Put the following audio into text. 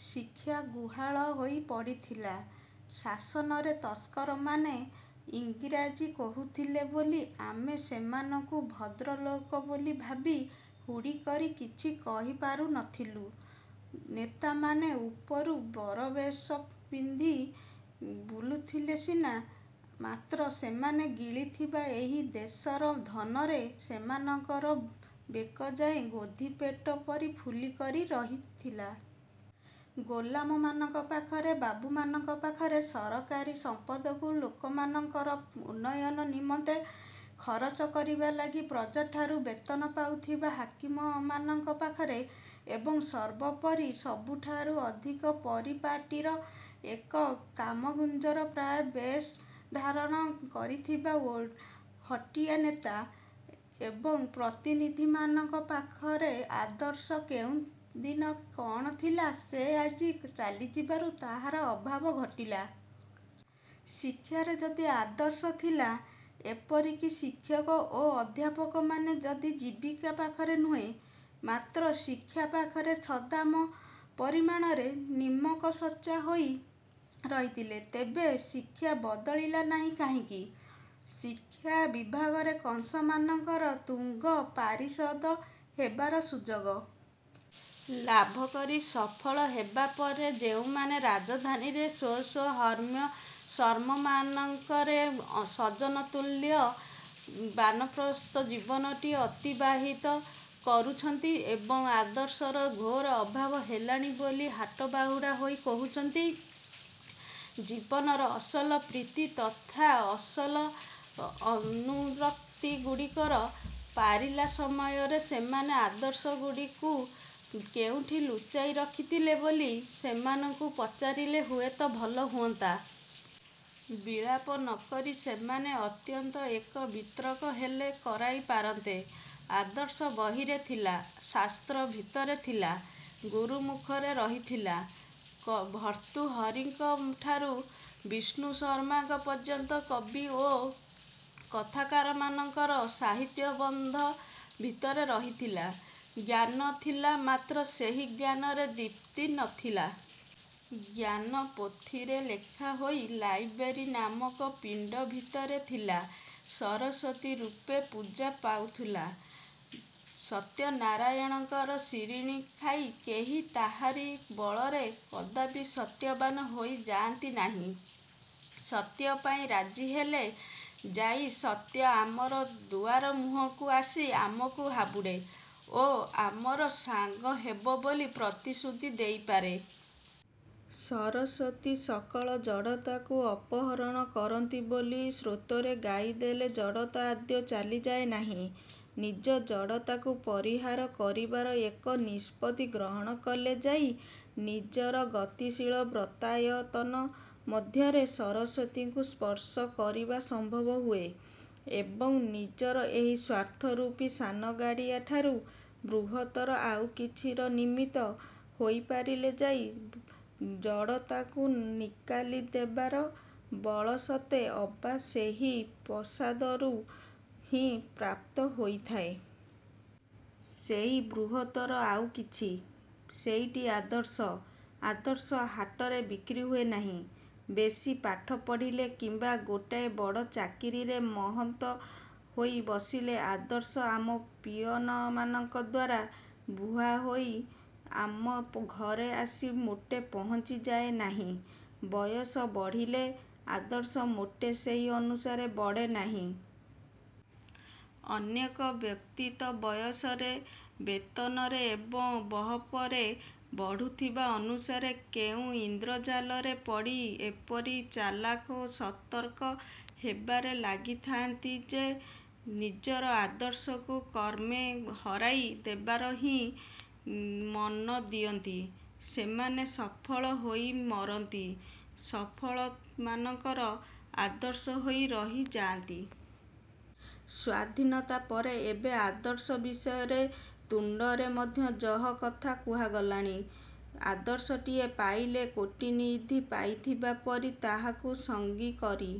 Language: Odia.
ଶିକ୍ଷା ଗୁହାଳ ହୋଇ ପଡ଼ିଥିଲା, ଶାସନରେ ତସ୍କରମାନେ ଇଂରାଜୀ କହୁଥିଲେ ବୋଲି ଆମେ ସେମାନଙ୍କୁ ଭଦ୍ରଲୋକ ବୋଲି ଭାବି ହୁଡ଼ିକରି କିଛି କହି ପାରୁ ନଥିଲୁ। ନେତାମାନେ ଉପରୁ ବରବେଶ ପିନ୍ଧି ବୁଲୁଥିଲେ ସିନା ମାତ୍ର ସେମାନେ ଗିଳିଥିବା ଏହି ଦେଶର ଧନରେ ସେମାନଙ୍କର ବେକଯାଏ ଗୋଧିପେଟ ପରି ଫୁଲିକରି ରହିଥିଲା। ଗୋଲାମମାନଙ୍କ ପାଖରେ, ବାବୁମାନଙ୍କ ପାଖରେ, ସରକାରୀ ସମ୍ପଦକୁ ଲୋକମାନଙ୍କର ଉନ୍ନୟନ ନିମନ୍ତେ ଖରଚ କରିବା ଲାଗି ପ୍ରଜାଠାରୁ ବେତନ ପାଉଥିବା ହାକିମମାନଙ୍କ ପାଖରେ ଏବଂ ସର୍ବୋପରି ସବୁଠାରୁ ଅଧିକ ପରିପାଟୀର ଏକ କାମଗୁଞ୍ଜର ପ୍ରାଏ ବେଶ ଧାରଣ କରିଥିବା ହଟିଆ ନେତା ଏବଂ ପ୍ରତିନିଧିମାନଙ୍କ ପାଖରେ ଆଦର୍ଶ କୋଉଦିନ କଣ ଥିଲା ଯେ ଆଜି ଚାଲିଯିବାରୁ ତାହାର ଅଭାବ ଘଟିଲା? ଶିକ୍ଷାରେ ଯଦି ଆଦର୍ଶ ଥିଲା, ଏପରିକି ଶିକ୍ଷକ ଓ ଅଧ୍ୟାପକମାନେ ଯଦି ଜୀବିକା ପାଖରେ ନୁହେଁ, ମାତ୍ର ଶିକ୍ଷା ପାଖରେ ଛଦାମ ପରିମାଣରେ ନିମକସଚ୍ଚା ହୋଇ ରହିଥିଲେ ତେବେ ଶିକ୍ଷା ବଦଳିଲା ନାହିଁ କାହିଁକି? ଶିକ୍ଷା ବିଭାଗରେ କଂସ ମାନଙ୍କର ତୁଙ୍ଗ ପାରିଷଦ ହେବାର ସୁଯୋଗ ଲାଭକରି ସଫଳ ହେବାପରେ ଯେଉଁମାନେ ରାଜଧାନୀରେ ସ୍ୱ ସ୍ୱ ହର୍ମ୍ୟାଶ୍ରମମାନଙ୍କରେ ସଜ୍ଜନତୁଲ୍ୟ ବାନପ୍ରସ୍ଥ ଜୀବନଟିଏ ଅତିବାହିତ କରୁଛନ୍ତି ଏବଂ ଆଦର୍ଶର ଘୋର ଅଭାବ ହେଲାଣି ବୋଲି ହାଟବାହୁଡ଼ା ହୋଇ କହୁଛନ୍ତି, ଜୀବନର ଅସଲ ପ୍ରୀତି ତଥା ଅସଲ ଅନୁରକ୍ତିଗୁଡ଼ିକର ପାରିଲା ସମୟରେ ସେମାନେ ଆଦର୍ଶଗୁଡ଼ିକୁ କେଉଁଠି ଲୁଚାଇ ରଖିଥଲେ ବୋଲି ସେମାନଙ୍କୁ ପଚାରିଲେ ହୁଏତ ଭଲ ହୁଅନ୍ତା। ବିଳାପ ନକରି ସେମାନେ ଅନ୍ତତଃ ଏକ ବିତର୍କ ହେଲେ କରାଇ ପାରନ୍ତେ। ଆଦର୍ଶ ବହିରେ ଥିଲା, ଶାସ୍ତ୍ର ଭିତରେ ଥିଲା। ଗୁରୁ ମୁଖରେ ରହିଥିଲା। ଭର୍ତ୍ତୃହରିଙ୍କ ଠାରୁ ବିଷ୍ଣୁ ଶର୍ମାଙ୍କ ପର୍ଯ୍ୟନ୍ତ କବି ଓ କଥାକାରମାନଙ୍କର ସାହିତ୍ୟବନ୍ଧ ଭିତରେ ରହିଥିଲା। ଜ୍ଞାନ ଥିଲା ମାତ୍ର ସେହି ଜ୍ଞାନରେ ଦୀପ୍ତି ନଥିଲା। ଜ୍ଞାନ ପୋଥିରେ ଲେଖା ହୋଇ ଲାଇବ୍ରେରୀ ନାମକ ପିଣ୍ଡ ଭିତରେ ଥିଲା ସରସ୍ୱତୀ ରୂପେ ପୂଜା ପାଉଥିଲା। ସତ୍ୟନାରାୟଣଙ୍କର ସିରିଣି ଖାଇ କେହି ତାହାରି ବଳରେ କଦାପି ସତ୍ୟବାନ ହୋଇ ଯାଆନ୍ତି ନାହିଁ। ସତ୍ୟ ପାଇଁ ରାଜି ହେଲେ ଯାଇ ସତ୍ୟ ଆମର ଦୁଆରମୁହଁକୁ ଆସି ଆମକୁ ହାବୁଡ଼େ ଓ ଆମର ସାଙ୍ଗ ହେବ ବୋଲି ପ୍ରତିଶ୍ରୁତି ଦେଇପାରେ। ସରସ୍ୱତୀ ସକଳ ଜଡ଼ତାକୁ ଅପହରଣ କରନ୍ତି ବୋଲି ସ୍ତ୍ରୋତ୍ରରେ ଗାଇଦେଲେ ଜଡ଼ତା ଆଦୌ ଚାଲିଯାଏ ନାହିଁ। ନିଜେ ଜଡ଼ତାକୁ ପରିହାର କରିବାର ଏକ ନିଷ୍ପତ୍ତି ଗ୍ରହଣ କଲେ ଯାଇ ନିଜର ଗତିଶୀଳ ବ୍ରତାୟତନ ମଧ୍ୟରେ ସରସ୍ୱତୀଙ୍କୁ ସ୍ପର୍ଶ କରିବା ସମ୍ଭବ ହୁଏ ଏବଂ ନିଜର ଏହି ସ୍ଵାର୍ଥରୂପୀ ସାନଗାଡ଼ିଆଠାରୁ ବୃହତ୍ତର ଆଉ କିଛିର ନିମିତ୍ତ ହୋଇପାରିଲେ ଯାଇ ଜଡ଼ତାକୁ ନିକାଲି ଦେବାର ବଳ ସତେ ଅବା ସେହି ପ୍ରସାଦରୁ ହିଁ ପ୍ରାପ୍ତ ହୋଇଥାଏ। ସେହି ବୃହତ୍ତର ଆଉ କିଛି, ସେଇଟି ଆଦର୍ଶ। ଆଦର୍ଶ ହାଟରେ ବିକ୍ରି ହୁଏନାହିଁ। ବେଶୀ ପାଠ ପଢ଼ିଲେ କିମ୍ବା ଗୋଟାଏ ବଡ଼ ଚାକିରିରେ ମହନ୍ତ ହୋଇ ବସିଲେ ଆଦର୍ଶ ଆମ ପିଅନମାନଙ୍କ ଦ୍ଵାରା ବୁହାହୋଇ ଆମ ଘରେ ଆସି ମୋଟେ ପହଞ୍ଚି ଯାଏ ନାହିଁ। ବୟସ ବଢ଼ିଲେ ଆଦର୍ଶ ମୋଟେ ସେହି ଅନୁସାରେ ବଡ଼େ ନାହିଁ । ଅନେକ ବ୍ୟକ୍ତି ତ ବୟସରେ, ବେତନରେ ଏବଂ ବହପରେ ବଢୁଥିବା ଅନୁସାରେ କେଉଁ ଇନ୍ଦ୍ରଜାଲରେ ପଡ଼ି ଏପରି ଚାଲାଖ ଓ ସତର୍କ ହେବାରେ ଲାଗିଥାନ୍ତି ଯେ, ନିଜର ଆଦର୍ଶକୁ କ୍ରମେ ହରାଇ ଦେବାରେ ହିଁ ମନ ଦିଅନ୍ତି। ସେମାନେ ସଫଳ ହୋଇ ମରନ୍ତି। ସଫଳମାନଙ୍କର ଆଦର୍ଶ ହୋଇ ରହିଯାଆନ୍ତି। ସ୍ୱାଧୀନତା ପରେ ଏବେ ଆଦର୍ଶ ବିଷୟରେ ତୁଣ୍ଡରେ ମଧ୍ୟ ଯହ କଥା କୁହାଗଲାଣି। ଆଦର୍ଶଟିଏ ପାଇଲେ କୋଟିନିଧି ପାଇଥିବା ପରି ତାହାକୁ ସଙ୍ଗୀ କରି